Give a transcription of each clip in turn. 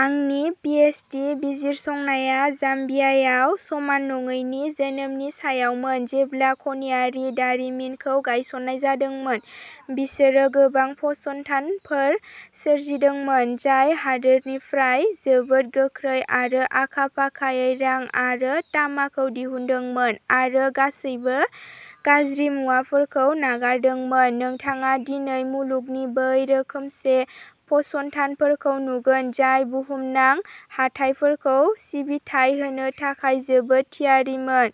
आंनि पिएचडि बिजिरसंनाया जाम्बियायाव समान नङैनि जोनोमनि सायावमोन। जेब्ला खनियारि दारिमिनखौ गायसन्नाय जादोंमोन, बिसोरो गोबां फसंथानफोर सोरजिदोंमोन जाय हादोरनिफ्राय जोबोद गोख्रै आरो आखा-फाखायै रां आरो तामाखौ दिहुनदोंमोन आरो गासैबो गाज्रि मुवाफोरखौ नागारदोंमोन। नोंथाङा दिनै मुलुगनि बै रोखोमसे फसंथानफोरखौ नुगोन, जाय बुहुमनां हाथाइफोरखौ सिबिथाइ होनो थाखाय जोबोद थियारिमोन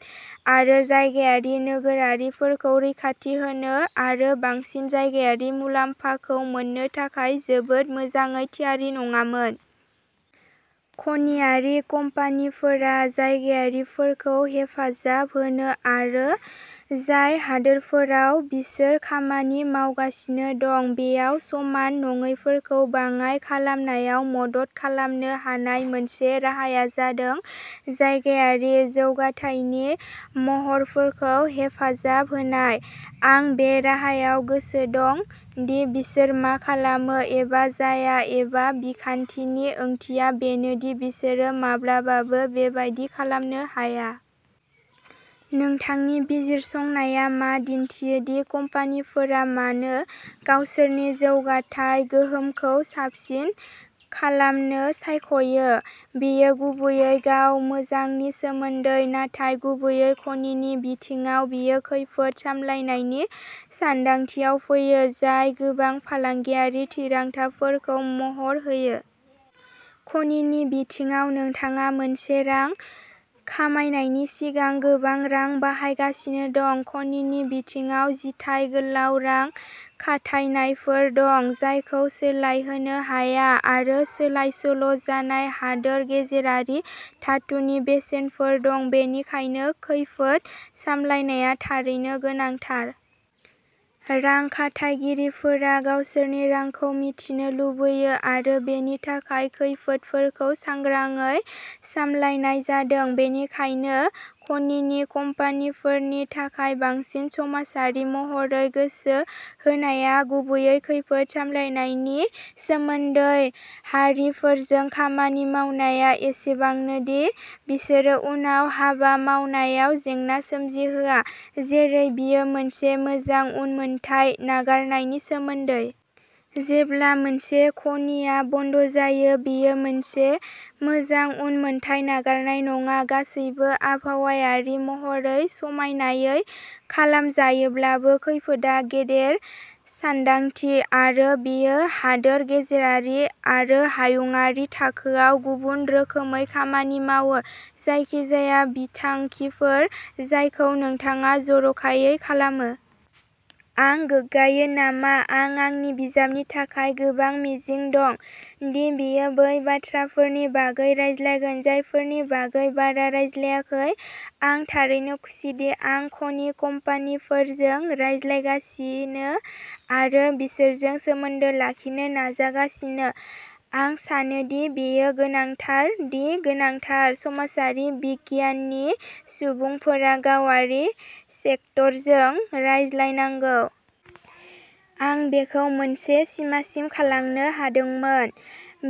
आरो जायगायारि नोगोरारिफोरखौ रैखाथि होनो आरो बांसिन जायगायारि मुलाम्फाखौ मोननो थाखाय जोबोद मोजाङै थियारि नङामोन। खनियारि कम्पानिफोरा जायगायारिफोरखौ हेफाजाब होनो आरो जाय हादोरफोराव बिसोर खामानि मावगासिनो दं, बेयाव समान नङैफोरखौ बाङाइ खालामनायाव मदद खालामनो हानाय मोनसे राहाया जादों जायगायारि जौगाथायनि महरफोरखौ हेफाजाब होनाय। आं बे राहायाव गोसो दं दि बिसोर मा खालामो एबा जाया एबा बिखान्थिनि ओंथिया बेनो दि बिसोरो माब्लाबाबो बेबादि खालामनो हाया। नोंथांनि बिजिरसंनाया मा दिन्थियो दि कम्पानिफोरा मानो गावसोरनि जौगाथाय गोहोमखौ साबसिन खालामनो सायख'यो? बेयो गुबैयै गाव मोजांनि सोमोन्दै। नाथाय गुबैयै खनिनि बिथिङाव, बेयो खैफोद सामलायनायनि सानदांथियाव फैयो, जाय गोबां फालांगियारि थिरांथाफोरखौ महर होयो। खनिनि बिथिङाव, नोंथाङा मोनसे रां खामायनायनि सिगां गोबां रां बाहायगासिनो दं। खनिनि बिथिङाव जिथाय गोलाव रां खाथायनायफोर दं, जायखौ सोलायहोनो हाया आरो सोलायसोल' जानाय हादोर गेजेरारि धातुनि बेसेनफोर दं, बेनिखायनो खैफोद सामलायनाया थारैनो गोनांथार। रां खाथायगिरिफोरा गावसोरनि रांखौ मिथिनो लुबैयो आरो बेनि थाखाय खैफोदफोरखौ सांग्राङै सामलायनाय जादों। बेनिखायनो, खनिनि कम्पानिफोरनि थाखाय बांसिन समाजारि महरै गोसो होनाया गुबैयै खैफोद सामलायनायनि सोमोन्दै। हारिफोरजों खामानि मावनाया एसेबांनो दि बिसोरो उनाव हाबा मावनायाव जेंना सोमजिहोआ, जेरै बेयो मोनसे मोजां उनमोनथाइ नागारनायनि सोमोन्दै। जेब्ला मोनसे खनिआ बन्द जायो, बेयो मोनसे मोजां उनमोनथाइ नागारनाय नङा गासैबो आबहावायारि महरै समायनायै खालामजायोब्लाबो खैफोदआ गेदेर सानदांथि आरो बेयो हादोर गेजेरारि आरो हायुंआरि थाखोआव गुबुन रोखोमै खामानि मावो। जायखिजाया बिथांखिफोर जायखौ नोंथाङा जर'खायै खालामो। आं गोग्गायो नामा? आं आंनि बिजाबनि थाखाय गोबां मिजिं दं, दि बेयो बै बाथ्राफोरनि बागै रायज्लायगोन जायफोरनि बागै बारा रायज्लायाखै। आं थारैनो खुसिदि आं खनि कम्पानिफोरजों रायज्लायगासिनो आरो बिसोरजों सोमोन्दो लाखिनो नाजागासिनो। आं सानो दि बेयो गोनांथार दि गोनांथार समाजारि बिगियाननि सुबुंफोरा गावारि सेक्टरजों रायज्लायनांगौ। आं बेखौ मोनसे सिमासिम खालामनो हादोंमोन।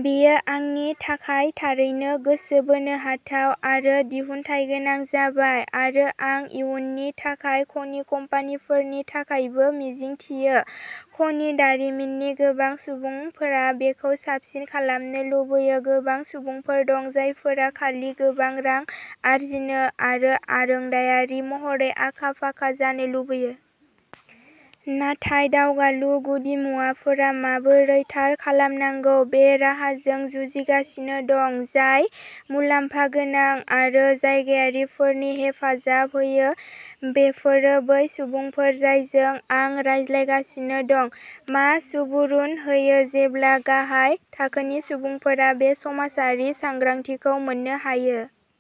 बेयो आंनि थाखाय थारैनो गोसो बोनो हाथाव आरो दिहुनथायगोनां जाबाय आरो आं इयुननि थाखाय खनि कम्पानिफोरनि थाखायबो मिजिंथियो। खनि दारिमिननि गोबां सुबुंफोरा बेखौ साबसिन खालामनो लुबैयो। गोबां सुबुंफोर दं जायफोरा खालि गोबां रां आर्जिनो आरो आरोंदायारि महरै आखा-फाखा जानो लुबैयो। नाथाय दावगालु गुदिमुवाफोरा माबोरै थार खालामनांगौ, बे राहाजों जुजिगासिनो दं, जाय मुलाम्फा गोनां आरो जायगायारिफोरनि हेफाजाब होयो। बेफोरो बै सुबुंफोर जायजों आं रायज्लायगासिनो दं। मा सुबुरुन होयो जेब्ला गाहाय थाखोनि सुबुंफोरा बे समाजारि सांग्रांथिखौ मोननो हायो।